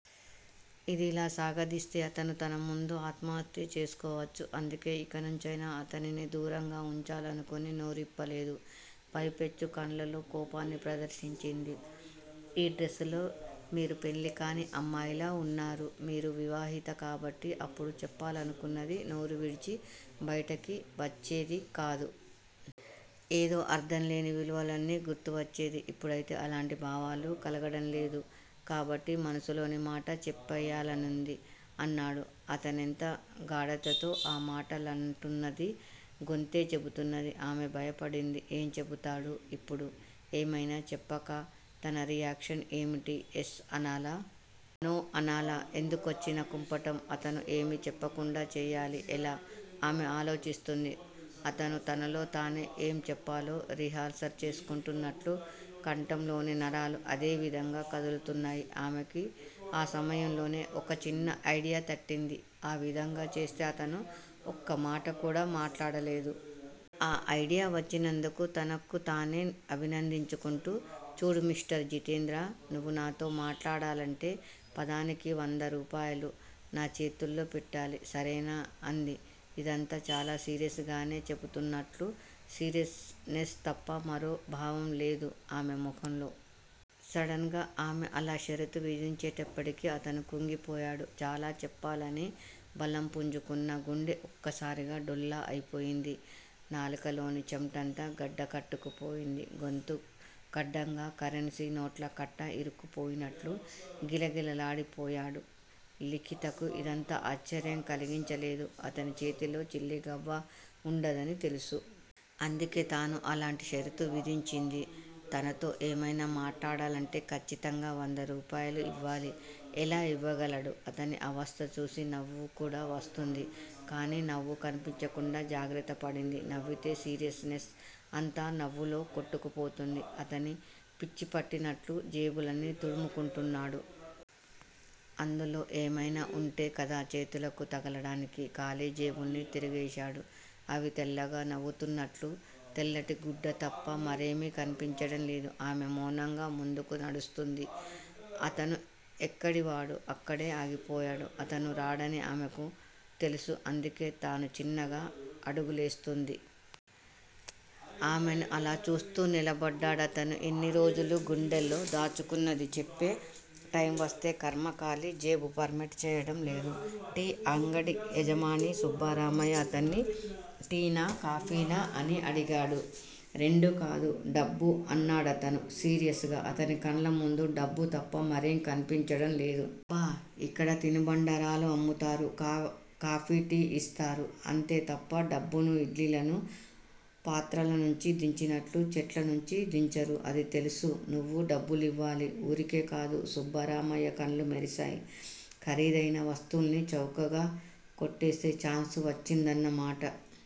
ఇదిలా సాగదీస్తే అతను తన ముందు ఆత్మహత్య చేసుకోవచ్చు. అందుకే ఇకనుంచైనా అతనిని దూరంగా వుంచాలనుకుని నోరిప్ప లేదు. పైపెచ్చు కళ్ళల్లో కోపాన్ని ప్రదర్శించింది. ఈ డ్రస్ లో మీరు పెళ్ళి కాని అమ్మాయిలా వున్నారు. మీరు వివాహిత కాబట్టి అప్పుడు చెప్పాలనుకున్నది నోరు విడిచి బయటికి వచ్చేది కాదు. ఏదో అర్ధం లేని విలువలన్నీ గుర్తు వచ్చేది ఇప్పుడైతే అలాంటి భావాలు కలగడం లేదు. కాబట్టి మనసులోని మాట చెప్పేయాలనుంది అన్నాడు. అతనెంత గాఢతతో ఆ మాటలంటున్నది గొంతే చెబుతోంది. ఆమె భయపడింది. ఏం చెబుతాడు ఇప్పుడు? ఏమైనా చెప్పాక తన రియాక్షన్ ఏమిటి? ఎస్ అనాలా? నో అనాలా? ఎందుకొచ్చిన కుంపటం, అతను ఏమీ చెప్పకుండా చేయాలి ఎలా? ఆమె ఆలోచిస్తోంది. అతను తనలో తానే ఏం చెప్పాలో రిహార్సల్స్ చేసుకుంటున్నట్టు కంఠంలోని నరాలు అదే విధంగా కదులుతున్నాయి. ఆమెకి ఆ సమయంలోనే ఒక చిన్న ఐడియా తట్టింది. ఆ విధంగా చేస్తే అతను ఒక్క మాట కూడా మాట్లాడలేదు. ఆ ఐడియా వచ్చినందుకు తనకు తానే అభినందించుకుంటూ చూడు మిస్టర్ జితేంద్ర! నీవు నాతో మాట్లాడాలంటే పదానికి వంద రూపాయలు నా చేతుల్లో పెట్టాలి. సరేనా అంది. ఇదంతా చాలా సీరియస్ గానే చెబుతున్నట్టు సీరియస్ నెస్ తప్ప మరో భావం లేదు ఆమె ముఖంలో. సడన్ గా ఆమె అలా షరతు విధించేటప్పటికి అతను కుంగిపోయాడు. చాలా చెప్పాలని బలం పుంజుకున్న గుండె ఒక్కసారిగా డొల్ల అయిపోయింది. నాలుకలోని చెమటంతా గడ్డ కట్టుకుపోయింది. గొంతు కడ్డంగా కరెన్సీనోట్ల కట్ట ఇరుక్కుపోయినట్టు గిలగిల్లాడిపోయాడు. లిఖితకు ఇదంతా ఆశ్చర్యం కలిగించలేదు. అతని చేతిలో చిల్లిగవ్వ వుండదని తెలుసు. అందుకే తాను అలాంటి షరతు విధించింది. తనతో ఏమైనా మాట్లాడాలంటే ఖచ్చితంగా వంద రూపాయలు ఇవ్వాలి. ఎలా ఇవ్వగలడు-? అతని అవస్థ చూసి నవ్వుకూడా వస్తోంది. కానీ నవ్వు కనిపించకుండా జాగ్రత్త పడింది. నవ్వితే సీరియస్ నెస్ అంతా నవ్వులో కొట్టుకుపోతుంది. అతను పిచ్చిపట్టినట్టు జేబులన్నీ తుడుముకుంటున్నాడు. అందులో ఏమైనా వుంటే కదా చేతులకు తగలడానికి ఖాళీ జేబుల్ని తిరగేశాడు. అవి తెల్లగా నవ్వుతున్నట్లు తెల్లటి గుడ్డ తప్ప మరేం కనిపించలేదు. ఆమె మౌనంగా ముందుకు నడుస్తోంది. అతను ఎక్కడివాడు అక్కడే ఆగిపోయాడు. అతను రాడని ఆమెకు తెలుసు అందుకే తను చిన్నగా అడుగులేస్తోంది. ఆమెను అలా చూస్తూ నిలబడ్డాడు అతను. ఇన్నిరోజులు గుండెలో దాచుకున్నది చెప్పే టైమ్ వస్తే ఖర్మ కాలి జేబు పర్మిట్ చేయటం లేదు. టీ అంగడి యజమాని సుబ్బరామయ్య అతని టీనా? కాఫీనా అని అడిగాడు. రెండూ కాదు- డబ్బు అన్నాడతను సీరియస్ గా అతని కళ్ళు ముందు డబ్బు తప్ప మరేం కనిపించడం లేదు. డబ్బా! ఆ ఇక్కడ తినుబండారాలు అమ్ముతారు. కాఫీ, టీ ఇస్తారు. అంతే తప్ప డబ్బును ఇడ్లీలను పాత్రల నుంచి దించినట్టు చెట్ల నుంచి దించరు అది తెలుసు. నువ్వు డబ్బివ్వాలి- వూరికే కాదు సుబ్బరామయ్య కళ్ళు మెరిసాయి. ఖరీదైన వస్తువుల్ని చౌకగా కొట్టేసే ఛాన్స్ వచ్చిందన్న మాట.